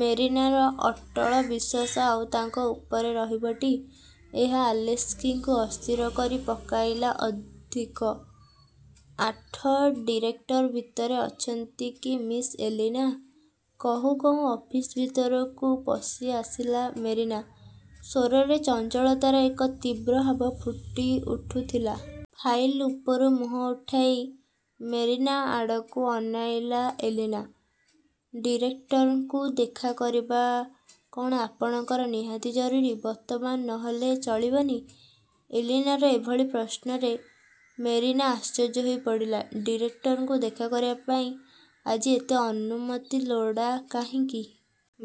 ମେରିନାର ଅଟଳ ବିଶ୍ୱାସ ଆଉ ତାଙ୍କ ଉପରେ ରହିବଟି? ଏହା ଆଲେସ୍କିଙ୍କୁ ଅସ୍ଥିର କରି ପକାଇଲା ଅଧିକ। ଆଠ ''ଡିରେକ୍ଟର ଭିତରେ ଅଛନ୍ତି କି ମିସ୍ ଏଲିନା? '' କହୁଁ କହୁଁ ଅଫିସ ଭିତରକୁ ପଶିଆସିଲା ମେରିନା। ସ୍ୱରରେ ଚଞ୍ଚଳତାର ଏକ ତୀବ୍ର ଭାବ ଫୁଟିଉଠୁଥିଲା। ଫାଇଲ୍ ଉପରୁ ମୁହଁ ଉଠାଇ ମେରିନା ଆଡ଼କୁ ଅନାଇଲା ଏଲିନା। ''ଡିରେକ୍ଟରଙ୍କୁ ଦେଖା କରିବା କଅଣ ଆପଣଙ୍କର ନିହାତି ଜରୁରୀ? ବର୍ତ୍ତମାନ ନ ହେଲେ ଚଳିବନି? '' ଏଲିନାର ଏଭଳି ପ୍ରଶ୍ନରେ ମେରିନା ଆଶ୍ଚର୍ଯ୍ୟ ହୋଇ ପଡ଼ିଲା–''ଡିରେକ୍ଟରଙ୍କୁ ଦେଖା କରିବା ପାଇଁ। ଆଜି ଏତେ ଅନୁମତି ଲୋଡ଼ା କାହିଁକି?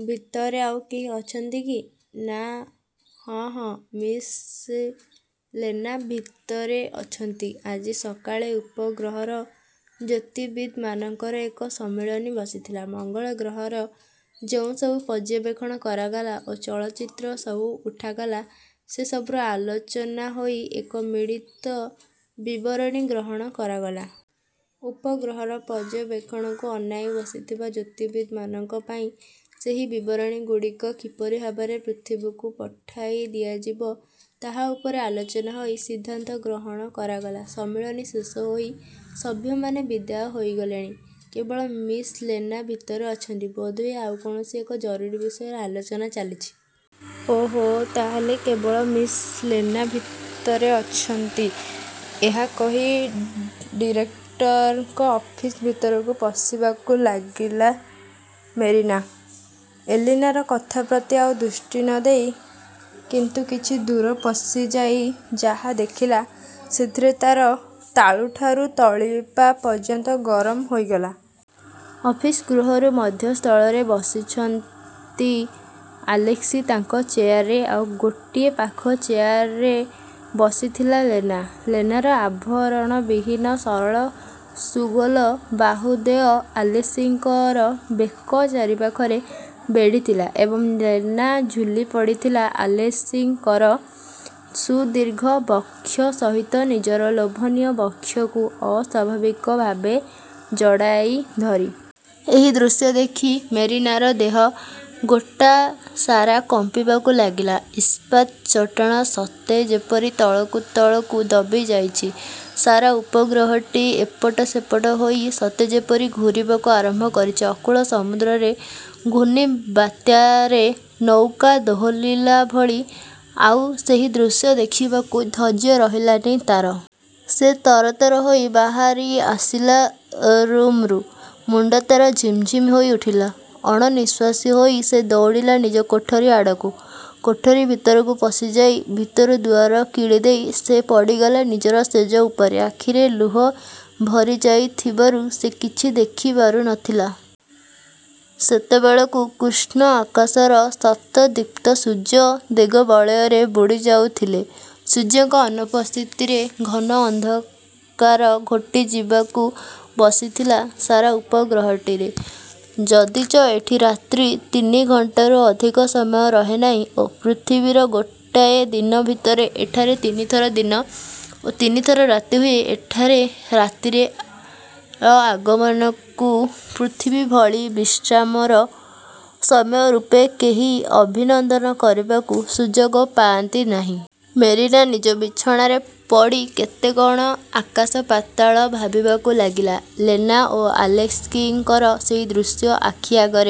ଭିତରେ ଆଉ କେହି ଅଛନ୍ତି କି? '' ''ନାଁ,–ହଁ, ହଁ, ମିସ୍ ଲେନା ଭିତରେ ଅଛନ୍ତି। ଆଜି ସକାଳେ ଉପଗ୍ରହର ଜ୍ୟୋତିର୍ବିଦମାନଙ୍କର ଏକ ସମ୍ମିଳନୀ ବସିଥିଲା। ମଙ୍ଗଳ ଗ୍ରହର ଯେଉଁସବୁ ପର୍ଯ୍ୟବେକ୍ଷଣ କରାଗଲା ଓ ଚଳଚ୍ଚିତ୍ର ସବୁ ଉଠାଗଲା, ସେ ସବୁର ଆଲୋଚନା ହୋଇ ଏକ ମିଳିତ ବିବରଣୀ ଗ୍ରହଣ କରାଗଲା। ଉପଗ୍ରହର ପର୍ଯ୍ୟବେକ୍ଷଣକୁ ଅନାଇ ବସିଥିବା ଜ୍ୟୋତିର୍ବିଦମାନଙ୍କ ପାଇଁ ସେହି ବିବରଣୀଗୁଡ଼ିକ କିପରି ଭାବରେ ପୃଥିବୀକୁ ପଠାଇ ଦିଆଯିବ ତାହା ଉପରେ ଆଲୋଚନା ହୋଇ ସିଦ୍ଧାନ୍ତ ଗ୍ରହଣ କରାଗଲା। ସମ୍ମିଳନୀ ଶେଷ ହୋଇ ସଭ୍ୟମାନେ ବିଦାୟ ହୋଇଗଲେଣି; କେବଳ ମିସ୍ ଲେନା ଭିତରେ ଅଛନ୍ତି। ବୋଧହୁଏ, ଆଉ କୌଣସି ଏକ ଜରୁରୀ ବିଷୟରେ ଆଲୋଚନା ଚାଲିଛି। '' ''ଓଃ, ତା'ହେଲେ କେବଳ ମିସ୍ ଲେନା ଭିତରେ ଅଛନ୍ତି? '' ଏହା କହି ଡିରେକ୍ଟରଙ୍କ ଅଫିସ୍ ଭିତରକୁ ପଶିବାକୁ ଲାଗିଲା ମେରିନା–ଏଲିନାର କଥାପ୍ରତି ଆଉ ଦୃଷ୍ଟି ନ ଦେଇ। କିନ୍ତୁ କିଛି ଦୂର ପଶିଯାଇ ଯାହା ଦେଖିଲା, ସେଥିରେ ତା'ର ତାଳୁଠାରୁ ତଳିପା ପର୍ଯ୍ୟନ୍ତ ଗରମ ହୋଇଗଲା। ଅଫିସ ଗୃହରୁ ମଧ୍ୟସ୍ଥଳରେ ବସିଛନ୍ତି ଆଲେସ୍କି ତାଙ୍କ ଚେୟାରରେ, ଆଉ ଗୋଟିଏ ପାଖ ଚେୟାରରେ ବସିଥିଲା ଲେନା। ଲେନାର ଆଭରଣବିହୀନ ସରଳ ସୁଗୋଲ ବାହୁଦ୍ୱୟ ଆଲେସ୍କିଙ୍କର ବେକ ଚାରିପାଖରେ ବେଢ଼ିଥିଲା ଏବଂ ଲେନା ଝୁଲି ପଡ଼ିଥିଲା–ଆଲେସ୍କିଙ୍କର ସୁଦୀର୍ଘ ବକ୍ଷ ସହିତ ନିଜର ଲୋଭନୀୟ ବକ୍ଷକୁ ଅସ୍ୱାଭାବିକ ଭାବେ ଜଡ଼ାଇ ଧରି। ଏହି ଦୃଶ୍ୟ ଦେଖି ମେରିନାର ଦେହ ଗୋଟାସାରା କମ୍ପିବାକୁ ଲାଗିଲା। ଇସ୍ପାତ୍ ଚଟାଣ ସତେ ଯେପରି ତଳକୁ ତଳକୁ ଦବିଯାଇଛି! ସାରା ଉପଗ୍ରହଟି ଏପଟ ସେପଟ ହୋଇ ସତେ ଯେପରି ଘୂରିବାକୁ ଆରମ୍ଭ କରିଛି, ଅକୂଳ ସମୁଦ୍ରରେ ଘୂର୍ଣ୍ଣିବାତ୍ୟାରେ ନୌକା ଦୋହଲିଲା ଭଳି। ଆଉ ସେହି ଦୃଶ୍ୟ ଦେଖିବାକୁ ଧୈର୍ଯ୍ୟ ରହିଲାନି ତା'ର। ସେ ତରତର ହୋଇ ବାହାରିଆସିଲା ରୁମ୍ରୁ। ମୁଣ୍ଡ ତା'ର ଝିମଝିମ୍ ହୋଇ ଉଠିଲା। ଅଣନିଶ୍ୱାସୀ ହୋଇ ସେ ଦୌଡ଼ିଲା ନିଜ କୋଠରି ଆଡ଼କୁ। କୋଠରି ଭିତରକୁ ପଶିଯାଇ ଭିତରୁ ଦୁଆର କିଳିଦେଇ ସେ ପଡ଼ିଗଲା ନିଜର ଶେଯ ଉପରେ। ଆଖିରେ ଲୁହ ଭରିଯାଇଥିବାରୁ ସେ କିଛି ଦେଖି ପାରୁ ନଥିଲା। ସେତେବେଳକୁ କୃଷ୍ଣ ଆକାଶର ଶତଦୀପ୍ତ ସୂର୍ଯ୍ୟ ଦିଗବଳୟରେ ବୁଡ଼ିଯାଉଥିଲେ। ସୂର୍ଯ୍ୟଙ୍କ ଅନୁପସ୍ଥିତିରେ ଘନ ଅନ୍ଧକାର ଘୋଟିଯିବାକୁ ବସିଥିଲା ସାରା ଉପଗ୍ରହଟିରେ ଯଦିଚ ଏଠି ରାତ୍ରି ତିନିଘଣ୍ଟାରୁ ଅଧିକ ସମୟ ରହେନାହିଁ ଓ ପୃଥିବୀର ଗୋଟାଏ ଦିନ ଭିତରେ ଏଠାରେ ତିନିଥର ଦିନ ଓ ତିନିଥର ରାତି ହୁଏ, ଏଠାରେ ରାତିର ଆଗମନକୁ ପୃଥିବୀଭଳି ବିଶ୍ରାମର ସମୟରୂପେ କେହି ଅଭିନନ୍ଦନ କରିବାକୁ ସୁଯୋଗ ପାଆନ୍ତି ନାହିଁ। ମେରିନା ନିଜ ବିଛଣାରେ ପଡ଼ି କେତେ କ'ଣ ଆକାଶପାତାଳ ଭାବିବାକୁ ଲାଗିଲା। ଲେନା ଓ ଆଲେସ୍କିଙ୍କର ସେହି ଦୃଶ୍ୟ ଆଖିଆଗରେ